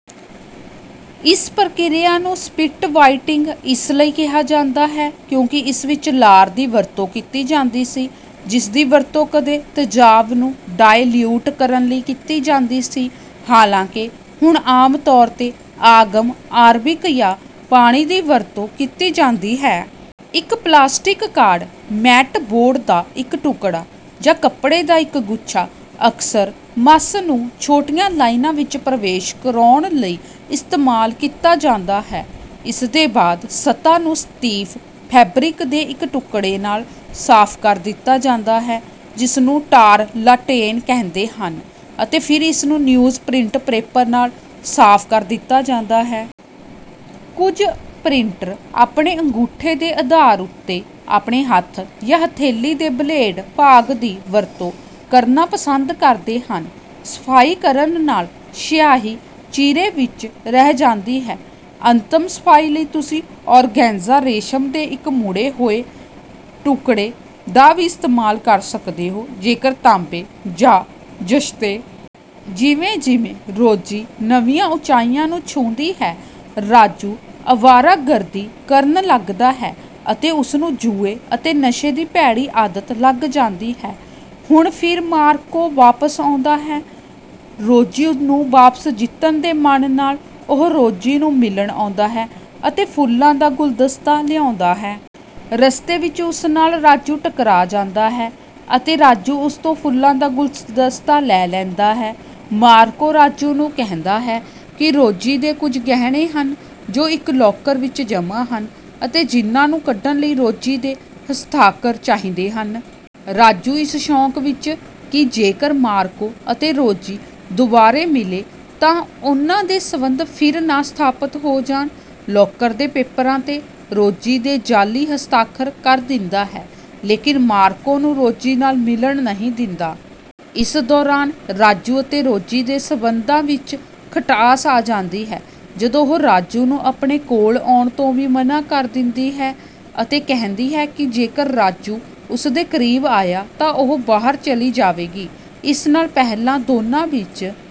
ਇਸ ਪ੍ਰਕਿਰਿਆ ਨੂੰ ਸਪਿਟ-ਬਾਇਟਿੰਗ ਇਸ ਲਈ ਕਿਹਾ ਜਾਂਦਾ ਹੈ, ਕਿਉਂਕਿ ਇਸ ਵਿੱਚ ਲਾਰ ਦੀ ਵਰਤੋਂ ਕੀਤੀ ਜਾਂਦੀ ਸੀ, ਜਿਸਦੀ ਵਰਤੋਂ ਕਦੇ ਤੇਜ਼ਾਬ ਨੂੰ ਡਾਇਲਿਊਟ ਕਰਨ ਲਈ ਕੀਤੀ ਜਾਂਦੀ ਸੀ, ਹਾਲਾਂਕਿ ਹੁਣ ਆਮ ਤੌਰ 'ਤੇ ਆਗਮ ਅਰਬਿਕ ਜਾਂ ਪਾਣੀ ਦੀ ਵਰਤੋਂ ਕੀਤੀ ਜਾਂਦੀ ਹੈ। ਇੱਕ ਪਲਾਸਟਿਕ ਕਾਰਡ, ਮੈਟ ਬੋਰਡ ਦਾ ਇੱਕ ਟੁਕੜਾ, ਜਾਂ ਕੱਪੜੇ ਦਾ ਇੱਕ ਗੁੱਛਾ ਅਕਸਰ ਮੱਸ ਨੂੰ ਛੋਟੀਆਂ ਲਾਈਨਾਂ ਵਿੱਚ ਪ੍ਰਵੇਸ਼ ਕਰਾਉਣ ਲਈ ਇਸਤੇਮਾਲ ਕੀਤਾ ਜਾਂਦਾ ਹੈ। ਇਸਦੇ ਬਾਅਦ ਸਤ੍ਹਾ ਨੂੰ ਸਟੀਫ ਫੈਬਰਿਕ ਦੇ ਇੱਕ ਟੁਕੜੇ ਨਾਲ ਸਾਫ਼ ਕਰ ਦਿੱਤਾ ਜਾਂਦਾ ਹੈ, ਜਿਸਨੂੰ ਟਾਰਲਾਟੈਨ ਕਹਿੰਦੇ ਹਨ, ਅਤੇ ਫਿਰ ਇਸਨੂੰ ਨਿਊਜ਼ਪ੍ਰਿੰਟ ਪੇਪਰ ਨਾਲ ਸਾਫ਼ ਕਰ ਦਿੱਤਾ ਜਾਂਦਾ ਹੈ। ਕੁਝ ਪ੍ਰਿੰਟਰ ਆਪਣੇ ਅੰਗੂਠੇ ਦੇ ਆਧਾਰ ਉੱਤੇ, ਆਪਣੇ ਹੱਥ ਯਾ ਹਥੇਲੀ ਦੇ ਬਲੇਡ ਭਾਗ ਦੀ ਵਰਤੋਂ ਕਰਨਾ ਪਸੰਦ ਕਰਦੇ ਹਨ। ਸਫਾਈ ਕਰਨ ਨਾਲ ਸਿਆਹੀ ਚੀਰੇ ਵਿੱਚ ਰਹਿ ਜਾਂਦੀ ਹੈ। ਅੰਤਮ ਸਫਾਈ ਲਈ ਤੁਸੀਂ ਓਰਗੈਂਜਾ ਰੇਸ਼ਮ ਦੇ ਇੱਕ ਮੁੜੇ ਹੋਏ ਟੁਕੜੇ ਦਾ ਵੀ ਇਸਤੇਮਾਲ ਕਰ ਸਕਦੇ ਹੋ, ਜੇਕਰ ਤਾਂਬੇ ਜਾਂ ਜ਼ਸਤੇ। ਜਿਵੇਂ-ਜਿਵੇਂ ਰੋਜੀ ਨਵੀਆਂ ਉੱਚਾਈਆਂ ਨੂੰ ਛੂਹਦੀ ਹੈ, ਰਾਜੂ ਆਵਾਰਾਗਰਦੀ ਕਰਨ ਲੱਗਦਾ ਹੈ ਅਤੇ ਉਸਨੂੰ ਜੂਏ ਅਤੇ ਨਸ਼ੇ ਦੀ ਭੈੜੀ ਆਦਤ ਲੱਗ ਜਾਂਦੀ ਹੈ। ਹੁਣ ਫਿਰ ਮਾਰਕੋ ਵਾਪਸ ਆਉਂਦਾ ਹੈ। ਰੋਜੀ ਨੂੰ ਵਾਪਸ ਜਿੱਤਣ ਦੇ ਮਨ ਨਾਲ, ਉਹ ਰੋਜੀ ਨੂੰ ਮਿਲਣ ਆਉਂਦਾ ਹੈ ਅਤੇ ਫੁੱਲਾਂ ਦਾ ਗੁਲਦਸਤਾ ਲਿਆਉਂਦਾ ਹੈ। ਰਸਤੇ ਵਿੱਚ ਉਸ ਨਾਲ ਰਾਜੂ ਟਕਰਾ ਜਾਂਦਾ ਹੈ ਅਤੇ ਰਾਜੂ ਉਸ ਤੋਂ ਫੁੱਲਾਂ ਦਾ ਗੁਲਦਸਤਾ ਲੈ ਲੈਂਦਾ ਹੈ। ਮਾਰਕੋ ਰਾਜੂ ਨੂੰ ਕਹਿੰਦਾ ਹੈ ਕਿ ਰੋਜੀ ਦੇ ਕੁਝ ਗਹਿਣੇ ਹਨ ਜੋ ਇੱਕ ਲੋਕਰ ਵਿੱਚ ਜਮ੍ਹਾਂ ਹਨ ਅਤੇ ਜਿਨ੍ਹਾਂ ਨੂੰ ਕੱਢਣ ਲਈ ਰੋਜੀ ਦੇ ਹਸਤਾਖਰ ਚਾਹੀਦੇ ਹਨ। ਰਾਜੂ, ਇਸ ਸ਼ੌਂਕ ਵਿੱਚ ਕਿ ਜੇਕਰ ਮਾਰਕੋ ਅਤੇ ਰੋਜੀ ਦੁਬਾਰੇ ਮਿਲੇ ਤਾਂ ਉਨ੍ਹਾਂ ਦੇ ਸਬੰਧ ਫਿਰ ਨਾ ਸਥਾਪਤ ਹੋ ਜਾਣ, ਲੋਕਰ ਦੇ ਪੇਪਰਾਂ 'ਤੇ ਰੋਜੀ ਦੇ ਜਾਅਲੀ ਹਸਤਾਖਰ ਕਰ ਦਿੰਦਾ ਹੈ, ਲੇਕਿਨ ਮਾਰਕੋ ਨੂੰ ਰੋਜੀ ਨਾਲ ਮਿਲਣ ਨਹੀਂ ਦਿੰਦਾ। ਇਸ ਦੌਰਾਨ ਰਾਜੂ ਅਤੇ ਰੋਜੀ ਦੇ ਸਬੰਧਾਂ ਵਿੱਚ ਖਟਾਸ ਆ ਜਾਂਦੀ ਹੈ, ਜਦੋਂ ਉਹ ਰਾਜੂ ਨੂੰ ਆਪਣੇ ਕੋਲ ਆਉਣ ਤੋਂ ਵੀ ਮਨਾ ਕਰ ਦਿੰਦੀ ਹੈ ਅਤੇ ਕਹਿੰਦੀ ਹੈ ਕਿ ਜੇਕਰ ਰਾਜੂ ਉਸਦੇ ਕਰੀਬ ਆਇਆ ਤਾਂ ਉਹ ਬਾਹਰ ਚਲੀ ਜਾਵੇਗੀ। ਇਸ ਨਾਲ ਪਹਿਲਾਂ ਦੋਨਾਂ ਵਿੱਚ